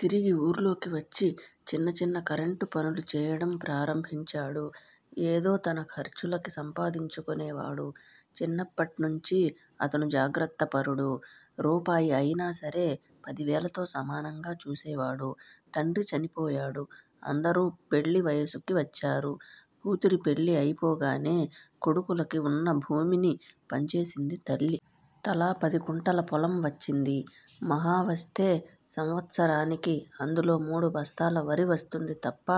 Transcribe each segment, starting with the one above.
తిరిగి ఊర్లోకివచ్చి చిన్న చిన్న కరెంటుపనులు చేయడం ప్రారంభించాడు. ఏదో తన ఖర్చులకి సంపాందించునుకునేవాడు. చిన్నప్పట్నించీ అతను జాగ్రత్తపరుడు. రూపాయి అయినా సరే పదివేలతో సమానంగా చూసేవాడు. తండ్రి చనిపోయాడు. అందరూ పెళ్ళి వయసుకి వచ్చారు. కూతురి పెళ్ళి అయిపోగానే కొడుకులకి వున్న భూమిని పంచేసింది తల్లి. తలా పదికుంటల పొలం వచ్చింది. మహావస్తే సంవత్సరానకి అందులో మూడు బస్తాల వరి వస్తుంది తప్ప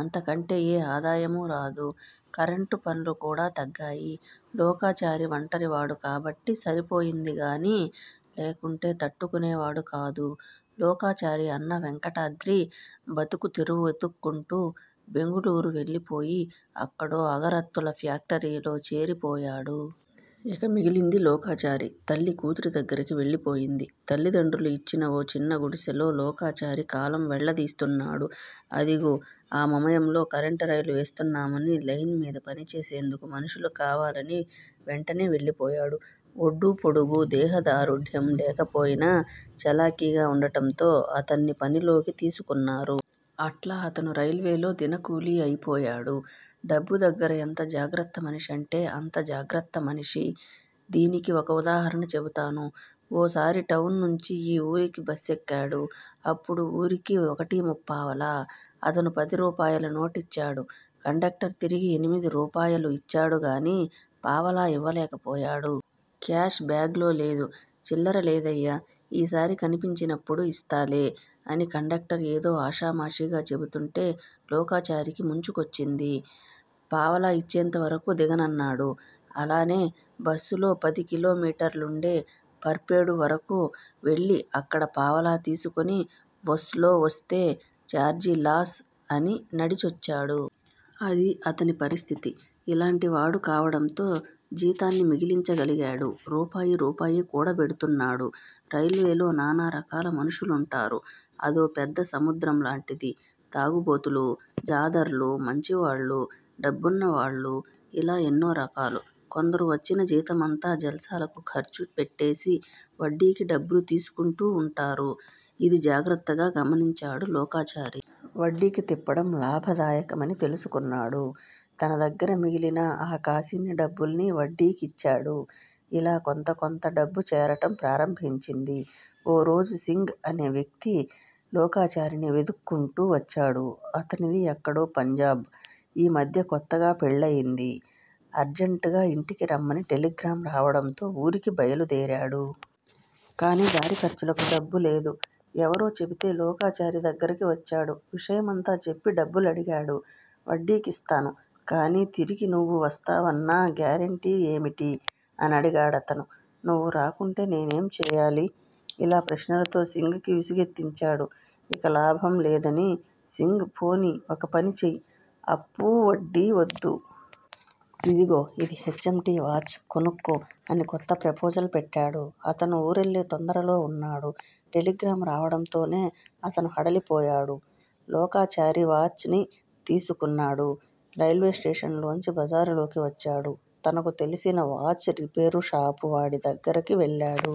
అంతకంటే ఏ ఆదాయమూ రాదు. కరెంటు పనులు కూడా తగ్గాయి. లోకాచారి ఒంటరివాడు కాబట్టి సరిపోయిందిగానీ లేకుంటేతట్టు కునేవాడు కాదు. లోకాచారి అన్న వెంకటాద్రి బతుకుతెరువు వెతుక్కుంటూ బెంగుళూరు వెళ్ళిపోయి అక్కడో ఆగరత్తుల ఫ్యాక్టరీలోచేరి పోయాడు. ఇక మిగిలింది లోకాచారి. తల్లి కూతురి దగ్గిరికి వెళ్ళి పోయింది. తల్లిదండ్రులు ఇచ్చిన ఓ చిన్న గుడిసెలో లోకాచారి కాలం వెళ్ళదీస్తున్నాడు. అదిగో ఆ మమయంలో కరెంట్ రైల్ వేస్తున్నామని, లైన్ మీద పని చేసేందుకు మనుషులు కావాలని వెంటనే వెళ్ళిపోయాడు. ఒడ్డూ పొడుగూ, దేహదారుఢ్యం లేకపోయినా చలాకీగా వుండటంతో అతన్ని పనిలోకి తీసుకున్నారు. అట్లా అతను రైల్వేలో దినకూలీ అయిపోయాడు. డబ్బు దగ్గర ఎంత జాగ్రత్తమనిషంటే అంత జాగ్రత్త మనిషి. దీనికీ ఒక ఉదాహరణ చెబుతాను. ఓ సారి టౌన్ నుంచి ఈ వూరికి బస్సెక్కాడు. అప్పుడు వూరికి ఒకటీ ముప్పావలా. అతను పదిరూపాయల నోటిచ్చాడు. కండక్టర్ తిరిగి ఎనిమిది రూపాయలు ఇచ్చాడు గానీ పావలా ఇవ్వలేకపోయాడు. క్యాష్ బాగ్ లో లేదు. చిల్లర లేదయ్యా ఈసారి కనిపించినప్పుడు ఇస్తాలే అని కండక్టర్ ఏదో ఆషామాషీగా చెబుతుంటే లోకాచారికి ముంచుకొచ్చింది. పావలా ఇచ్చేంత వరకు దిగనన్నాడు. అలానే బస్సులో పది కిలోమీటర్లుండే పర్పేడు వరకు వెళ్ళి అక్కడ పావలా తీసుకుని బస్ లో వస్తే ఛార్జీ లాస్ అని నడిచొచ్చాడు. అదీ అతని పరిస్థితి. ఇలాంటివాడు కావడంతో జీతాన్ని మిగిలించగలిగాడు. రూపాయి రూపాయి కూడబెటుతున్నాడు. రైల్వేలో నానా రకాల మనుషులుంటారు. అదోపెద్ద సముద్రం లాంటిది. తాగుబోతులూ, జాదర్లు, మంచివాళ్ళు, డబ్బున్నవాళ్ళు- యిలా ఎన్నోరకాలు. కొందరు వచ్చిన జీతమంతా జల్సాలకు ఖర్చుపెట్టేసి వడ్డీకి డబ్బులు తీసుకుంటూవుంటారు. ఇది జాగ్రత్తగా గమనించాడు లోకాచారి. వడ్డీకి తిప్పడం లాభదాయకమని తెలుసుకున్నాడు. తన దగ్గిర మిగిలిన ఆకాసిన్ని డబ్బుల్నీ వడ్డీకిచ్చాడు. ఇలా కొంతకొంత డబ్బుచేరటం ప్రారంభించింది. ఓరోజు సింగ్ అనే ఓ వ్యక్తి లోకాచారిని వెదుక్కుంటూ వచ్చాడు. అతనిది ఎక్కడో పంజాబ్. ఈమధ్య కొత్తగా పెళ్ళయింది అర్జంట్ గా ఇంటికి రమ్మని టెలిగ్రాం రావడంతో వూరికి బయలుదేరాడు. కానీ దారి ఖర్చులకి డబ్బులేదు. ఎవరో చెబితే లోకాచారి దగ్గిరికి వచ్చాడు. విషయమంతా చెప్పి డబ్బులడిగాడు. వడ్డీకిస్తాను- కానీ తిరిగి నువ్వు వస్తావన్నా గ్యారంటీ ఏమిటి? అనడిగాడతను. నువ్వు రాకుంటే నేనేంచేయాలి? ఇలా ప్రశ్నలతో సింగ్ కి విసుగెత్తించాడు. ఇకలాభం లేదని సింగ్ పోని ఒకపనిచెయ్ అప్పూ వడ్డీవద్దు. ఇదిగో ఇది హెచ్. ఎం. టి. వాచ్ కొనుక్కో అని కొత్త ప్రపోజల్ పెట్టాడు. అతను వూరెళ్ళే తొందరలో వున్నాడు. టెలిగ్రాం రావడంతోనే అతను హడలిపోయాడు. లోకాచారి వాచ్ ని తీసుకున్నాడు. రైల్వే స్టేషన్ లోంచి బజారులోకి వచ్చాడు. తనకు తెలిసిన వాచ్ రిపేరు షాపు వాడి దగ్గరికి వెళ్ళాడు.